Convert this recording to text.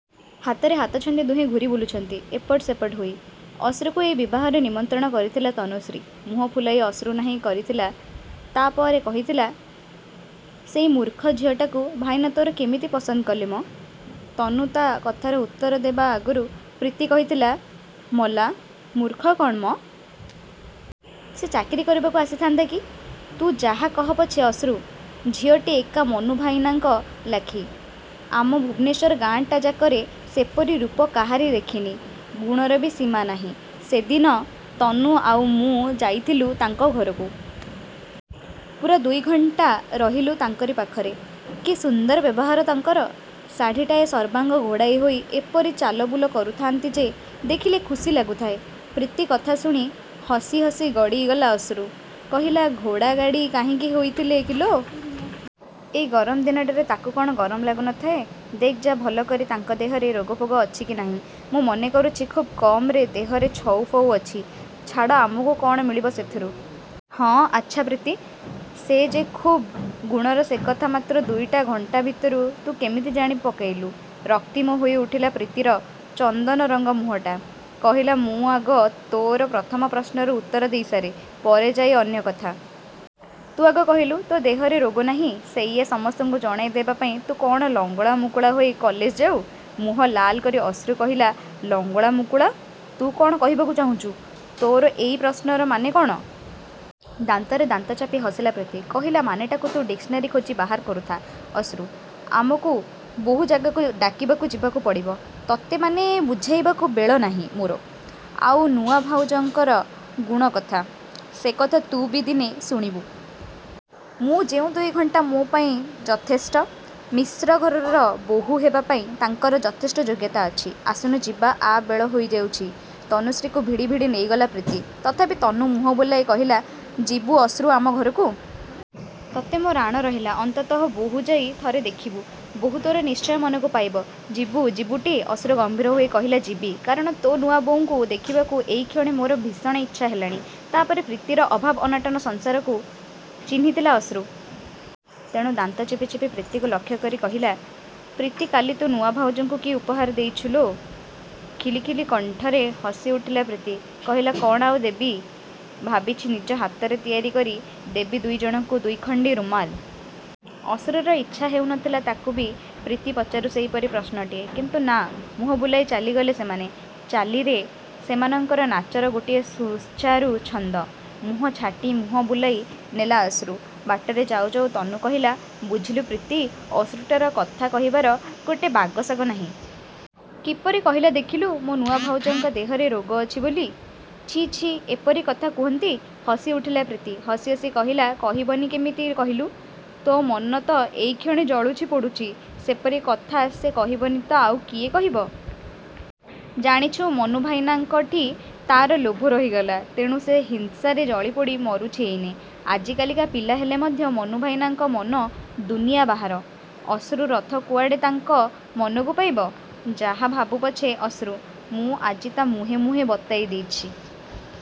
ହାତରେ ହାତ ଛନ୍ଦି ଦୁହେଁ ଘୂରି ବୁଲୁଛନ୍ତି ଏପଟ ସେପଟ ହୋଇ। ଅଶ୍ରୁକୁ ଏଇ ବିବାହରେ ନିମନ୍ତ୍ରଣ କରିଥିଲା ତନୁଶ୍ରୀ। ମୁହଁ ଫୁଲାଇ ଅଶ୍ରୁ ନାହିଁ କରିଥିଲା। ତା' ପରେ କହିଥିଲା ସେଇ ମୂର୍ଖ ଝିଅଟାକୁ ଭାଇନା ତୋର କେମିତି ପସନ୍ଦ କଲେ ମ? ତନୁ ତା' କଥାର ଉତ୍ତର ଦେବା ଆଗରୁ ପ୍ରୀତି କହିଥିଲା ମଲା, ମୂର୍ଖ କ'ଣ ମ? ସେ ଚାକିରି କରିବାକୁ ଆସିଥାନ୍ତା କି? ତୁ ଯାହା କହ ପଛେ ଅଶ୍ରୁ, ଝିଅଟି ଏକା ମନୁ ଭାଇନାଙ୍କ ଲାଖି। ଆମ ଭୁବନେଶ୍ୱର ଗାଁଟା ଯାକରେ ସେପରି ରୂପ କାହାରି ଦେଖିନି। ଗୁଣର ବି ସୀମା ନାହିଁ। ସେଦିନ ତନୁ ଆଉ ମୁଁ ଯାଇଥିଲୁ ତାଙ୍କ ଘରକୁ। ପୂରା ଦୁଇ ଘଣ୍ଟା ରହିଲୁ ତାଙ୍କରି ପାଖରେ। କି ସୁନ୍ଦର ବ୍ୟବହାର ତାଙ୍କର। ଶାଢ଼ିଟାଏ ସର୍ବାଙ୍ଗ ଘୋଡ଼ାଇ ହୋଇ ଏପରି ଚାଲବୁଲ କରୁଥାନ୍ତି ଯେ ଦେଖିଲେ ଖୁସି ଲାଗୁଥାଏ। ପ୍ରୀତି କଥା ଶୁଣି ହସି ହସି ଗଡ଼ି ଗଲା ଅଶ୍ରୁ। କହିଲା ଘୋଡ଼ାଗାଡ଼ି କାହିଁକି ହୋଇଥିଲେ କିଲୋ? ଏଇ ଗରମ ଦିନଟାରେ ତାକୁ କ'ଣ ଗରମ ଲାଗୁ ନଥାଏ। ଦେଖ୍ ଯା ଭଲ କରି ତାଙ୍କ ଦେହରେ ରୋଗ ଫୋଗ ଅଛି କି ନାହିଁ। ମୁଁ ମନେ କରୁଛି, ଖୁବ୍ କମରେ ଦେହରେ ଛଉ ଫଉ ଅଛି। ଛାଡ଼ ଆମକୁ କ'ଣ ମିଳିବ ସେଥିରୁ। ହଁ, ଆଚ୍ଛା ପ୍ରୀତି, ସେ ଯେ ଖୁବ୍ ଗୁଣର ସେକଥା ମାତ୍ର ଦୁଇଟା ଘଣ୍ଟା ଭିତରୁ ତୁ କେମିତି ଜାଣି ପକାଇଲୁ? ରକ୍ତିମ ହୋଇ ଉଠିଲା ପ୍ରୀତିର ଚନ୍ଦନରଙ୍ଗା ମୁହଁଟା। କହିଲା ମୁଁ ଆଗ ତୋର ପ୍ରଥମ ପ୍ରଶ୍ନର ଉତ୍ତର ଦେଇ ସାରେ, ପରେ ଯାଇ ଅନ୍ୟ କଥା। ତୁ ଆଗ କହିଲୁ ତୋ ଦେହରେ ରୋଗ ନାହିଁ ସେଇଆ ସମସ୍ତଙ୍କୁ ଜଣାଇ ଦେବା ପାଇଁ ତୁ କ'ଣ ଲଙ୍ଗଳା ମୁକୁଳା ହୋଇ କଲେଜ ଯାଉ? ମୁହଁ ଲାଲ୍ କରି ଅଶ୍ରୁ କହିଲା ଲଙ୍ଗଳା ମୁକୁଳା! ତୁ କ'ଣ କହିବାକୁ ଚାହୁଁଛୁ? ତୋର ଏଇ ପ୍ରଶ୍ନର ମାନେ କ'ଣ? ଦାନ୍ତରେ ଦାନ୍ତ ଚାପି ହସିଲା ପ୍ରୀତି। କହିଲା ମାନେଟାକୁ ତୁ ଡିକ୍ସନାରୀ ଖୋଜି ବାହାର କରୁଥା ଅଶ୍ରୁ। ଆମକୁ ବହୁ ଜାଗାକୁ ଡାକିବାକୁ ଯିବାକୁ ପଡ଼ିବ। ତତେ ମାନେ ବୁଝାଇବାକୁ ବେଳ ନାହିଁ ମୋର। ଆଉ ନୂଆ ଭାଉଜଙ୍କର ଗୁଣ କଥା? ସେକଥା ତୁ ବି ଦିନେ ଶୁଣିବୁ। ମୁଁ ଯେଉଁ ଦୁଇ ଘଣ୍ଟା ମୋ ପାଇଁ ଯଥେଷ୍ଟ। ମିଶ୍ର ଘରର ବୋହୂ ହେବା ପାଇଁ ତାଙ୍କର ଯଥେଷ୍ଟ ଯୋଗ୍ୟତା ଅଛି। ଆସୁନୁ ଯିବା ଆ ବେଳ ହୋଇଯାଉଛି। ତନୁଶ୍ରୀକୁ ଭିଡ଼ି ଭିଡ଼ି ନେଇଗଲା ପ୍ରୀତି। ତଥାପି ତନୁ ମୁହଁ ବୁଲାଇ କହିଲା ଯିବୁ ଅଶ୍ରୁ ଆମ ଘରକୁ। ତତେ ମୋ ରାଣ ରହିଲା। ଅନ୍ତତଃ ବୋହୂ ଯାଇ ଥରେ ଦେଖିବୁ। ବୋହୂ ତୋର ନିଶ୍ଚୟ ମନକୁ ପାଇବ। ଯିବୁ, ଯିବୁଟି? ଅଶ୍ରୁ ଗମ୍ଭୀର ହୋଇ କହିଲା ଯିବି। କାରଣ ତୋ ନୂଆବୋଉଙ୍କୁ ଦେଖିବାକୁ ଏଇକ୍ଷଣି ମୋର ଭୀଷଣ ଇଚ୍ଛା ହେଲାଣି। ତା' ପରେ ପ୍ରୀତିର ଅଭାବ ଅନାଟନ ସଂସାରକୁ ଚିହ୍ନିଥିଲା ଅଶ୍ରୁ। ତେଣୁ ଦାନ୍ତ ଚିପି ଚିପି ପ୍ରୀତିକୁ ଲକ୍ଷ୍ୟ କରି କହିଲା ପ୍ରୀତି କାଲି ତୁ ନୂଆ ଭାଉଜଙ୍କୁ କି ଉପହାର ଦେଇଛୁ ଲୋ? ଖିଲି ଖିଲି କଣ୍ଠରେ ହସି ଉଠିଲା ପ୍ରୀତି। କହିଲା କ'ଣ ଆଉ ଦେବି। ଭାବିଛି ନିଜ ହାତରେ ତିଆରି କରି ଦେବି ଦୁଇଜଣଙ୍କୁ ଦୁଇଖଣ୍ଡି ରୁମାଲ୍। ଅଶ୍ରୁର ଇଚ୍ଛା ହେଉଥିଲା ତାକୁ ବି ପ୍ରୀତି ପଚାରୁ ସେଇପରି ପ୍ରଶ୍ନଟିଏ। କିନ୍ତୁ ନା, ମୁହଁ ବୁଲାଇ ଚାଲିଗଲେ ସେମାନେ। ଚାଲିରେ ସେମାନଙ୍କର ନାଚର ଗୋଟିଏ ସୁଚାରୁ ଛନ୍ଦ। ମୁହଁ ଛାଟି ମୁହଁ ବୁଲାଇ ନେଲା ଅଶ୍ରୁ। ବାଟରେ ଯାଉ ଯାଉ ତନୁ କହିଲା ବୁଝିଲୁ ପ୍ରୀତି, ଅଶ୍ରୁଟାର କଥା କହିବାର ଗୋଟେ ବାଗସାଗ ନାହିଁ। କିପରି କହିଲା ଦେଖିଲୁ, ମୋ ନୂଆ ଭାଉଜଙ୍କ ଦେହରେ ରୋଗ ଅଛି ବୋଲି। ଛି, ଛି ଏପରି କଥା କୁହନ୍ତି। ହସି ଉଠିଲା ପ୍ରୀତି। ହସି ହସି କହିଲା କହିବନି କେମିତି କହିଲୁ? ତୋ ମନ ତ ଏଇକ୍ଷଣି ଜଳୁଛି ପୋଡ଼ୁଛି। ସେପରି କଥା ସେ କହିବନି ତ ଆଉ କିଏ କହିବ? ଜାଣିଛୁ, ମନୁ ଭାଇନାଙ୍କଠି ତା'ର ଲୋଭ ରହିଗଲା। ତେଣୁ ସେ ହିଂସାରେ ଜଳି ପୋଡ଼ି ମରୁଛି ଏଇନେ। ଆଜିକାଲିକା ପିଲା ହେଲେ ମଧ୍ୟ ମନୁ ଭାଇନାଙ୍କ ମନ ଦୁନିଆ ବାହାର। ଅଶ୍ରୁ ରଥ କୁଆଡ଼େ ତାଙ୍କ ମନକୁ ପାଇବ? ଯାହା ଭାବୁ ପଛେ ଅଶ୍ରୁ, ମୁଁ ଆଜି ତା' ମୁହେଁ ମୁହେଁ ବତାଇ ଦେଇଛି ।